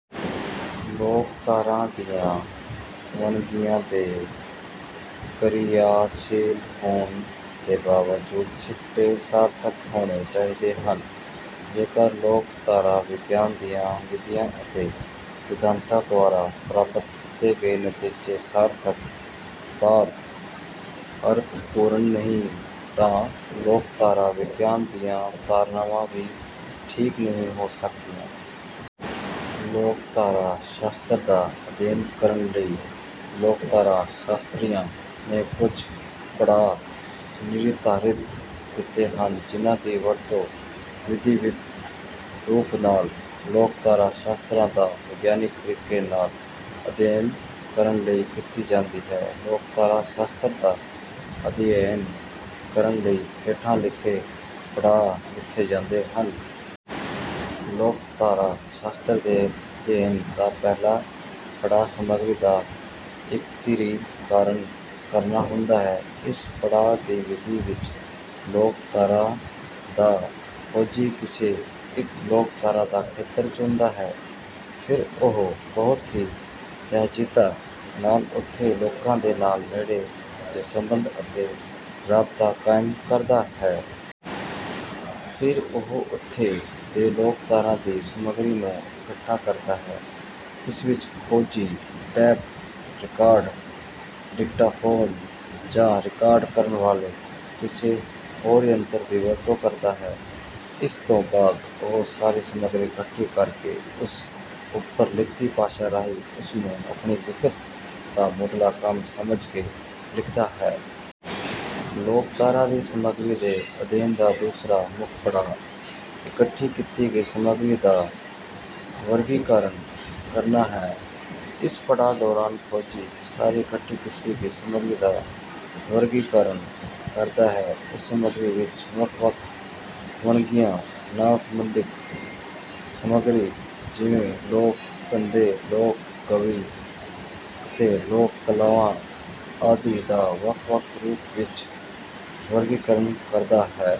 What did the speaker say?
ਲੋਕਧਾਰਾ ਦੀਆਂ ਵੰਨਗੀਆਂ ਦੇ ਕਿਰਿਆਸ਼ੀਲ ਹੋਣ ਦੇ ਬਾਵਜੂਦ ਸਿੱਟੇ ਸਾਰਥਕ ਹੋਣੇ ਚਾਹੀਦੇ ਹਨ। ਜੇਕਰ ਲੋਕਧਾਰਾ ਵਿਗਿਆਨ ਦੀਆਂ ਵਿਧੀਆਂ ਅਤੇ ਸਿਧਾਂਤਾਂ ਦੁਆਰਾ ਪ੍ਰਾਪਤ ਕੀਤੇ ਗਏ ਨਤੀਜੇ ਸਾਰਥਕ ਭਾਵ ਅਰਥਪੂਰਨ ਨਹੀਂ ਤਾਂ ਲੋਕਧਾਰਾ ਵਿਗਿਆਨ ਦੀਆਂ ਧਾਰਨਾਵਾਂ ਵੀ ਠੀਕ ਨਹੀਂ ਹੋ ਸਕਦੀਆਂ। ਲੋਕਧਾਰਾ ਸ਼ਾਸਤਰ ਦਾ ਅਧਿਐਨ ਕਰਨ ਲਈ ਲੋਕਧਾਰਾ ਸ਼ਾਸਤਰੀਆਂ ਨੇ ਕੁਝ ਪੜਾਅ ਨਿਰਧਾਰਿਤ ਕੀਤੇ ਹਨ। ਜਿਨ੍ਹਾਂ ਦੀ ਵਰਤੋਂ ਵਿਧੀਵਤ ਰੂਪ ਨਾਲ ਲੋਕਧਾਰਾ ਸ਼ਾਸਤਰ ਦਾ ਵਿਗਿਆਨਕ ਤਰੀਕੇ ਨਾਲ ਅਧਿਐਨ ਕਰਨ ਲਈ ਕੀਤੀ ਜਾਂਦੀ ਹੈ। ਲੋਕਧਾਰਾ ਸ਼ਾਸਤਰ ਦਾ ਅਧਿਐਨ ਕਰਨ ਲਈ ਹੇਠਾਂ ਲਿਖੇ ਪੜਾਅ ਮਿਥੇ ਜਾਂਦੇ ਹਨ। ਲੋਕਧਾਰਾ ਸ਼ਾਸਤਰ ਦੇ ਅਧਿਐਨ ਦਾ ਪਹਿਲਾ ਪੜਾਅ ਸਮੱਗਰੀ ਦਾ ਇਕਤਰੀਕਰਨ ਕਰਨਾ ਹੁੰਦਾ ਹੈ। ਇਸ ਪੜਾਅ ਦੀ ਵਿਧੀ ਵਿੱਚ ਲੋਕਧਾਰਾ ਦਾ ਖੋਜੀ ਕਿਸੇ ਇੱਕ ਲੋਕਧਾਰਾ ਦਾ ਖੇਤਰ ਚੁਣਦਾ ਹੈ। ਫਿਰ ਉਹ ਬਹੁਤ ਹੀ ਸਹਿਜਤਾ ਨਾਲ ਉੱਥੋਂ ਲੋਕਾਂ ਨਾਲ ਨੇੜੇ ਦੇ ਸਬੰਧ ਅਤੇ ਰਾਬਤਾ ਕਾਇਮ ਕਰਦਾ ਹੈ। ਫਿਰ ਉਹ ਉੱਥੋਂ ਦੀ ਲੋਕਧਾਰਾ ਦੀ ਸਮੱਗਰੀ ਨੂੰ ਇਕੱਠਾ ਕਰਦਾ ਹੈ। ਇਸ ਵਿੱਚ ਖੋਜੀ ਟੇਪ ਰਿਕਾਰਡਰ, ਡਿਕਟਾਫ਼ੋਨ ਜਾਂ ਰਿਕਾਰਡ ਕਰਨ ਵਾਲੇ ਕਿਸੇ ਹੋਰ ਯੰਤਰ ਦੀ ਵਰਤੋਂ ਕਰਦਾ ਹੈ। ਇਸ ਤੋਂ ਬਾਅਦ ਉਹ ਸਾਰੀ ਸਮੱਗਰੀ ਇਕੱਠੀ ਕਰ ਕੇ ਉਸ ਉੱਪਰ ਲਿਖਤੀ ਭਾਸ਼ਾ ਰਾਹੀਂ ਉਸ ਨੂੰ ਆਪਣੀ ਲਿਖਤ ਦਾ ਮੁੱਢਲਾ ਕੰਮ ਸਮਝ ਕੇ ਲਿਖਦਾ ਹੈ। ਲੋਕਧਾਰਾ ਦੀ ਸਮੱਗਰੀ ਦੇ ਅਧਿਐਨ ਦਾ ਦੂਸਰਾ ਮੁੱਖ ਪੜਾਅ ਇਕੱਠੀ ਕੀਤੀ ਗਈ ਸਮੱਗਰੀ ਦਾ ਵਰਗੀਕਰਨ ਕਰਨਾ ਹੈ। ਇਸ ਪੜਾਅ ਦੌਰਾਨ ਖੋਜੀ ਸਾਰੀ ਇਕੱਠੀ ਕੀਤੀ ਸਮੱਗਰੀ ਦਾ ਵਰਗੀਕਰਨ ਕਰਦਾ ਹੈ। ਉਸ ਸਮੱਗਰੀ ਵਿੱਚੋਂ ਵੱਖ-ਵੱਖ ਵੰਨਗੀਆਂ ਨਾਲ ਸਬੰਧਤ ਸਮੱਗਰੀ ਜਿਵੇਂ ਲੋਕ-ਧੰਦੇ, ਲੋਕ-ਕਾਵਿ ਅਤੇ ਲੋਕ-ਕਲਾਵਾਂ ਆਦਿ ਦਾ ਵੱਖ-ਵੱਖ ਰੂਪ ਵਿੱਚ ਵਰਗੀਕਰਨ ਕਰਦਾ ਹੈ।